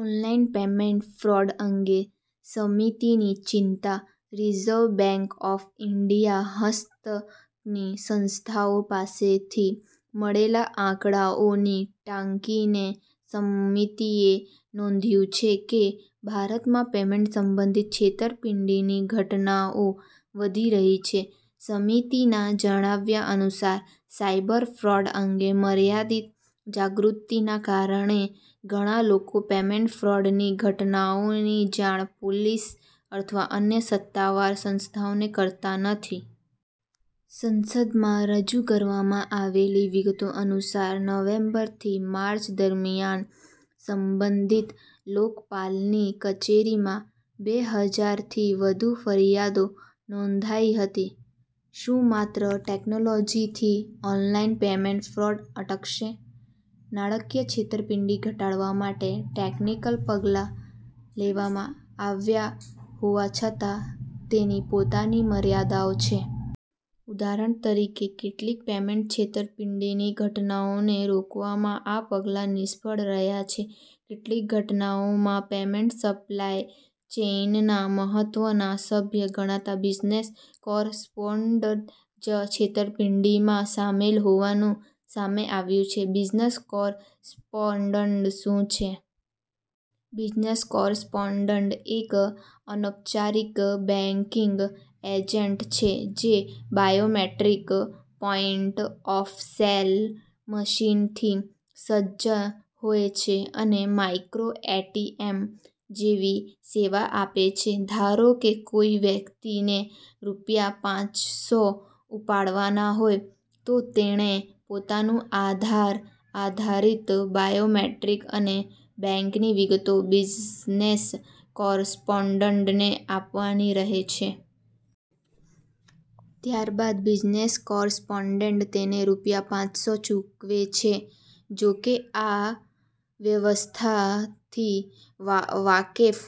Online payment fraud અંગે સમિતિની ચિંતા રિઝર્વ બેંક ઓફ ઈન્ડિયા હસ્તકની સંસ્થાઓ પાસેથી મળેલા આંકડાઓને ટાંકીને સમિતિએ નોંધ્યું છે કે ભારતમાં પેમેન્ટ સંબંધિત છેતરપિંડીની ઘટનાઓ વધી રહી છે. સમિતિના જણાવ્યા અનુસાર, સાયબર ફ્રોડ અંગે મર્યાદિત જાગૃતિના કારણે ઘણા લોકો પેમેન્ટ ફ્રોડની ઘટનાઓની જાણ પોલીસ અથવા અન્ય સત્તાવાર સંસ્થાઓને કરતા નથી. સંસદમાં રજૂ કરવામાં આવેલી વિગતો અનુસાર, નવેમ્બરથી માર્ચ દરમિયાન સંબંધિત લોકપાલની કચેરીમાં બે હજારથી વધુ ફરિયાદો નોંધાઈ હતી. શું માત્ર ટેક્નોલોજીથી ઓનલાઈન પેમેન્ટ ફ્રોડ અટકશે? નાણાકીય છેતરપિંડી ઘટાડવા માટે ટેક્નિકલ પગલાં લેવામાં આવ્યા હોવા છતાં તેની પોતાની મર્યાદાઓ છે. ઉદાહરણ તરીકે, કેટલીક પેમેન્ટ છેતરપિંડીની ઘટનાઓને રોકવામાં આ પગલાં નિષ્ફળ રહ્યા છે. કેટલીક ઘટનાઓમાં પેમેન્ટ સપ્લાય ચેઇનના મહત્વના સભ્ય ગણાતા બિઝનેસ કોરસ્પોન્ડન્ટ જ છેતરપિંડીમાં સામેલ હોવાનું સામે આવ્યું છે. બિઝનેસ કોરસ્પોન્ડન્ટ શું છે? બિઝનેસ કોરસ્પોન્ડન્ટ એક અનૌપચારિક બેંકિંગ એજન્ટ છે, જે બાયોમેટ્રિક પોઈન્ટ-ઓફ-સેલ મશીનથી સજ્જ હોય છે અને માઇક્રો-એટીએમ જેવી સેવા આપે છે. ધારો કે કોઈ વ્યક્તિને રૂ. પાંચસો ઉપાડવાના હોય. તો તેણે પોતાનું આધાર આધારિત બાયોમેટ્રિક અને બેંકની વિગતો બિઝનેસ કોરસ્પોન્ડન્ટને આપવાની રહે છે. ત્યારબાદ બિઝનેસ કોરસ્પોન્ડન્ટ તેને રૂ. પાંચસો ચૂકવે છે. જોકે, આ વ્યવસ્થાથી વાકેફ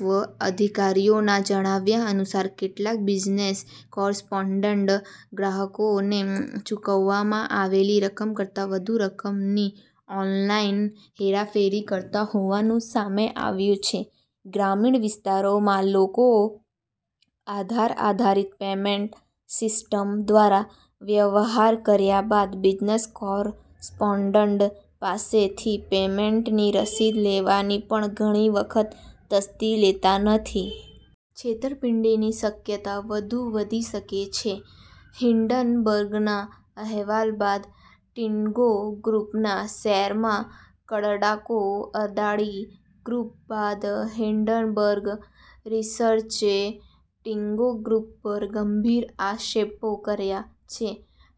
અધિકારીઓના જણાવ્યા અનુસાર, કેટલાક બિઝનેસ કોરસ્પોન્ડન્ટ ગ્રાહકોને ચૂકવવામાં આવેલી રકમ કરતાં વધુ રકમની ઓનલાઈન હેરાફેરી કરતા હોવાનું સામે આવ્યું છે. ગ્રામીણ વિસ્તારોમાં લોકો આધાર આધારિત પેમેન્ટ સિસ્ટમ દ્વારા વ્યવહાર કર્યા બાદ બિઝનેસ કોરસ્પોન્ડન્ટ પાસેથી પેમેન્ટની રસીદ લેવાની પણ ઘણી વખત તસ્દી લેતા નથી. છેતરપિંડીની શક્યતા વધુ વધી શકે છે. હિંડનબર્ગના અહેવાલ બાદ ટિન્ગો ગ્રૂપના શેરમાં કડાકો અદાણી ગ્રૂપ બાદ હિંડનબર્ગ રિસર્ચે ટિન્ગો ગ્રૂપ પર ગંભીર આક્ષેપો કર્યા છે.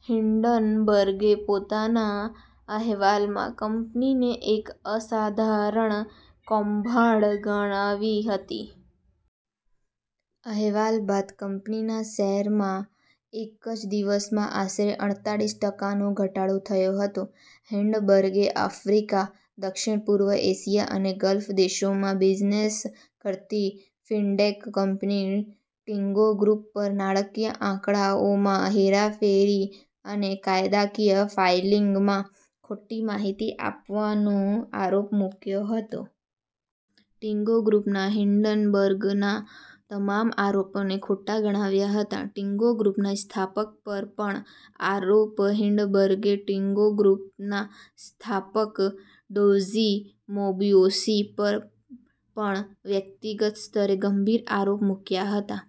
હિંડનબર્ગે પોતાના અહેવાલમાં કંપનીને “એક અસાધારણ કૌભાંડ” ગણાવી હતી. અહેવાલ બાદ કંપનીના શેરમાં એક જ દિવસમાં આશરે અડતાળીસ ટકાનો ઘટાડો થયો હતો. હિંડનબર્ગે આફ્રિકા, દક્ષિણપૂર્વ એશિયા અને ગલ્ફ દેશોમાં બિઝનેસ કરતી ફિનટેક કંપની ટિન્ગો ગ્રૂપ પર નાણાકીય આંકડાઓમાં હેરાફેરી અને કાયદાકીય ફાઇલિંગમાં ખોટી માહિતી આપવાનો આરોપ મૂક્યો હતો. ટિન્ગો ગ્રૂપે હિંડનબર્ગના તમામ આરોપોને ખોટા ગણાવ્યા હતા. ટિન્ગો ગ્રૂપના સ્થાપક પર પણ આરોપ હિંડનબર્ગે ટિન્ગો ગ્રૂપના સ્થાપક ડોઝી મોબુઓસી પર પણ વ્યક્તિગત સ્તરે ગંભીર આરોપો મૂક્યા હતા.